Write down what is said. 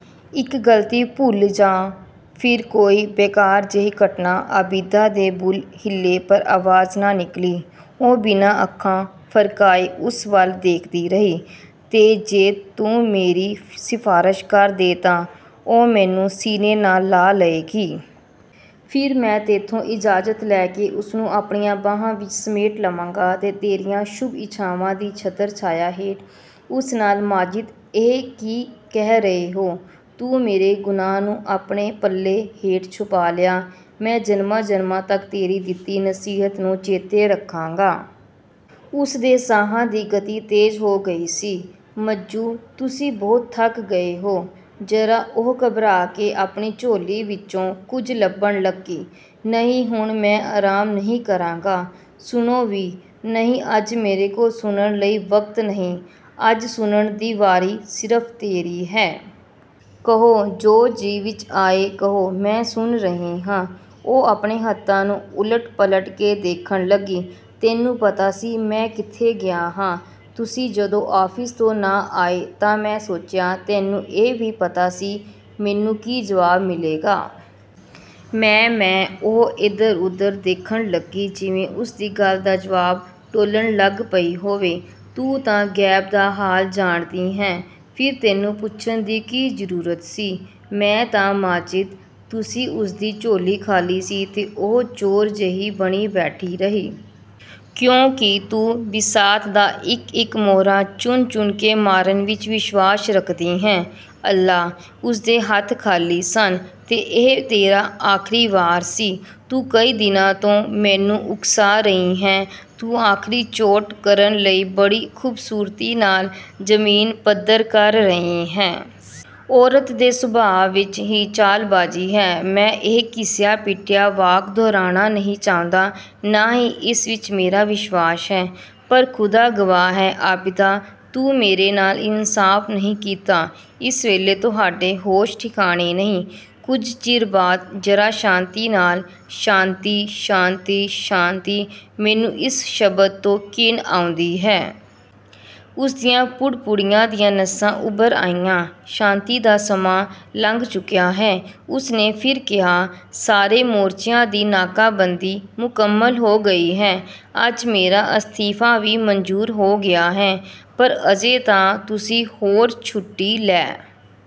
"ਇੱਕ ਗਲਤੀ, ਭੁੱਲ ਜਾਂ ਫਿਰ ਕੋਈ ਬੇਕਾਰ ਜਿਹੀ ਘਟਨਾ" ਆਬਿਦਾ ਦੇ ਬੁੱਲ੍ਹ ਹਿਲੇ ਪਰ ਆਵਾਜ਼ ਨਾ ਨਿਕਲੀ। ਉਹ ਬਿਨਾਂ ਅੱਖਾਂ ਫਰਕਾਏ ਉਸ ਵੱਲ ਦੇਖਦੀ ਰਹੀ। "ਤੇ ਜੇ ਤੂੰ ਮੇਰੀ ਸਿਫ਼ਾਰਸ਼ ਕਰ ਦੇਂ ਤਾਂ ਉਹ ਮੈਨੂੰ ਸੀਨੇ ਨਾਲ ਲਾ ਲਏਗੀ। ਫਿਰ ਮੈਂ ਤੈਥੋਂ ਇਜਾਜ਼ਤ ਲੈ ਕੇ ਉਸਨੂੰ ਆਪਣੀਆਂ ਬਾਹਾਂ ਵਿੱਚ ਸਮੇਟ ਲਵਾਂਗਾ ਤੇ ਤੇਰੀਆਂ ਸ਼ੁਭ-ਇੱਛਾਵਾਂ ਦੀ ਛਤਰ-ਛਾਇਆ ਹੇਠ ਉਸ ਨਾਲ" "ਮਾਜਿਦ, ਇਹ ਕੀ ਕਹਿ ਰਹੇ ਹੋ!" "ਤੂੰ ਮੇਰੇ ਗੁਨਾਹ ਨੂੰ ਆਪਣੇ ਪੱਲੇ ਹੇਠ ਛੁਪਾ ਲਿਆ, ਮੈਂ ਜਨਮਾਂ-ਜਨਮਾਂ ਤੱਕ ਤੇਰੀ ਦਿੱਤੀ ਨਸੀਹਤ ਨੂੰ ਚੇਤੇ ਰੱਖਾਂਗਾ।" ਉਸਦੇ ਸਾਹਾਂ ਦੀ ਗਤੀ ਤੇਜ਼ ਹੋ ਗਈ ਸੀ। "ਮੱਜੂ-- ਤੁਸੀਂ ਬਹੁਤ ਥੱਕ ਗਏ ਹੋ। ਜ਼ਰਾ--" ਉਹ ਘਬਰਾ ਕੇ ਆਪਣੀ ਝੋਲੀ ਵਿੱਚੋਂ ਕੁਝ ਲੱਭਣ ਲੱਗੀ। "ਨਹੀਂ ਹੁਣ ਮੈਂ ਆਰਾਮ ਨਹੀਂ ਕਰਾਂਗਾ।" "ਸੁਣੋ ਵੀ--" "ਨਹੀਂ ਅੱਜ ਮੇਰੇ ਕੋਲ ਸੁਣਨ ਲਈ ਵਕਤ ਨਹੀਂ ਅੱਜ ਸੁਣਨ ਦੀ ਵਾਰੀ ਸਿਰਫ਼ ਤੇਰੀ ਹੈ।" "ਕਹੋ, ਜੋ ਜੀਅ ਵਿੱਚ ਆਏ ਕਹੋ, ਮੈਂ ਸੁਣ ਰਹੀ ਹਾਂ।" ਉਹ ਆਪਣੇ ਹੱਥਾਂ ਨੂੰ ਉਲਟ-ਪਲਟ ਕੇ ਦੇਖਣ ਲੱਗੀ। "ਤੈਨੂੰ ਪਤਾ ਸੀ, ਮੈਂ ਕਿੱਥੇ ਗਿਆ ਹਾਂ?" "ਤੁਸੀਂ ਜਦੋਂ ਆਫ਼ਿਸ ਤੋਂ ਨਾ ਆਏ ਤਾਂ ਮੈਂ ਸੋਚਿਆ" "ਤੈਨੂੰ ਇਹ ਵੀ ਪਤਾ ਸੀ, ਮੈਨੂੰ ਕੀ ਜਵਾਬ ਮਿਲੇਗਾ?" "ਮੈਂ-ਮੈਂ--" ਉਹ ਇਧਰ-ਉਧਰ ਦੇਖਣ ਲੱਗੀ ਜਿਵੇਂ ਉਸਦੀ ਗੱਲ ਦਾ ਜਵਾਬ ਟੋਲਣ ਲੱਗ ਪਈ ਹੋਵੇ। "ਤੂੰ ਤਾਂ ਗੈਬ ਦਾ ਹਾਲ ਜਾਣਦੀ ਹੈਂ। ਫਿਰ ਤੈਨੂੰ ਪੁੱਛਣ ਦੀ ਕੀ ਜ਼ਰੂਰਤ ਸੀ?" "ਮੈਂ-ਤਾਂ-ਮਾਜਿਦ, ਤੁਸੀਂ--" ਉਸਦੀ ਝੋਲੀ ਖ਼ਾਲੀ ਸੀ ਤੇ ਉਹ ਚੋਰ ਜਿਹੀ ਬਣੀ ਬੈਠੀ ਰਹੀ। "ਕਿਉਂਕਿ ਤੂੰ ਬਿਸਾਤ ਦਾ ਇੱਕ-ਇੱਕ ਮੋਹਰਾ ਚੁਣ-ਚੁਣ ਕੇ ਮਾਰਨ ਵਿੱਚ ਵਿਸ਼ਵਾਸ ਰੱਖਦੀ ਹੈਂ।" "ਅੱਲਾ--!" ਉਸਦੇ ਹੱਥ ਖ਼ਾਲੀ ਸਨ। "ਤੇ ਇਹ ਤੇਰਾ ਆਖਰੀ ਵਾਰ ਸੀ। ਤੂੰ ਕਈ ਦਿਨਾਂ ਤੋਂ ਮੈਨੂੰ ਉਕਸਾ ਰਹੀ ਹੈਂ, ਤੂੰ ਆਖਰੀ ਚੋਟ ਕਰਨ ਲਈ ਬੜੀ ਖ਼ੂਬਸੂਰਤੀ ਨਾਲ ਜ਼ਮੀਨ ਪੱਧਰ ਕਰ ਰਹੀ ਹੈਂ। ਔਰਤ ਦੇ ਸੁਭਾਅ ਵਿੱਚ ਹੀ ਚਾਲਬਾਜ਼ੀ ਹੈ। ਮੈਂ ਇਹ ਘਿਸਿਆ-ਪਿਟਿਆ ਵਾਕ ਦੁਹਰਾਉਣਾ ਨਹੀਂ ਚਾਹੁੰਦਾ, ਨਾ ਹੀ ਇਸ ਵਿੱਚ ਮੇਰਾ ਵਿਸ਼ਵਾਸ ਹੈ। ਪਰ ਖ਼ੁਦਾ ਗਵਾਹ ਹੈ ਆਬਿਦਾ, ਤੂੰ ਮੇਰੇ ਨਾਲ ਇਨਸਾਫ਼ ਨਹੀਂ ਕੀਤਾ।" "ਇਸ ਵੇਲੇ ਤੁਹਾਡੇ ਹੋਸ਼ ਠਿਕਾਣੇ ਨਹੀਂ, ਕੁਝ ਚਿਰ ਬਾਅਦ ਜ਼ਰਾ ਸ਼ਾਂਤੀ ਨਾਲ" "ਸ਼ਾਂਤੀ, ਸ਼ਾਂਤੀ, ਸ਼ਾਂਤੀ, ਮੈਨੂੰ ਇਸ ਸ਼ਬਦ ਤੋਂ ਘਿਣ ਆਉਂਦੀ ਹੈ।" ਉਸਦੀਆਂ ਪੁੜਪੁੜੀਆਂ ਦੀਆਂ ਨਸਾਂ ਉਭਰ ਆਈਆਂ, "ਸ਼ਾਂਤੀ ਦਾ ਸਮਾਂ ਲੰਘ ਚੁੱਕਿਆ ਹੈ।" ਉਸ ਨੇ ਫਿਰ ਕਿਹਾ, "ਸਾਰੇ ਮੋਰਚਿਆਂ ਦੀ ਨਾਕਾਬੰਦੀ ਮੁਕੰਮਲ ਹੋ ਗਈ ਹੈ। ਅੱਜ ਮੇਰਾ ਅਸਤੀਫ਼ਾ ਵੀ ਮੰਜ਼ੂਰ ਹੋ ਗਿਆ ਹੈ।" "ਪਰ ਅਜੇ ਤਾਂ ਤੁਸੀਂ ਹੋਰ ਛੁੱਟੀ ਲੈ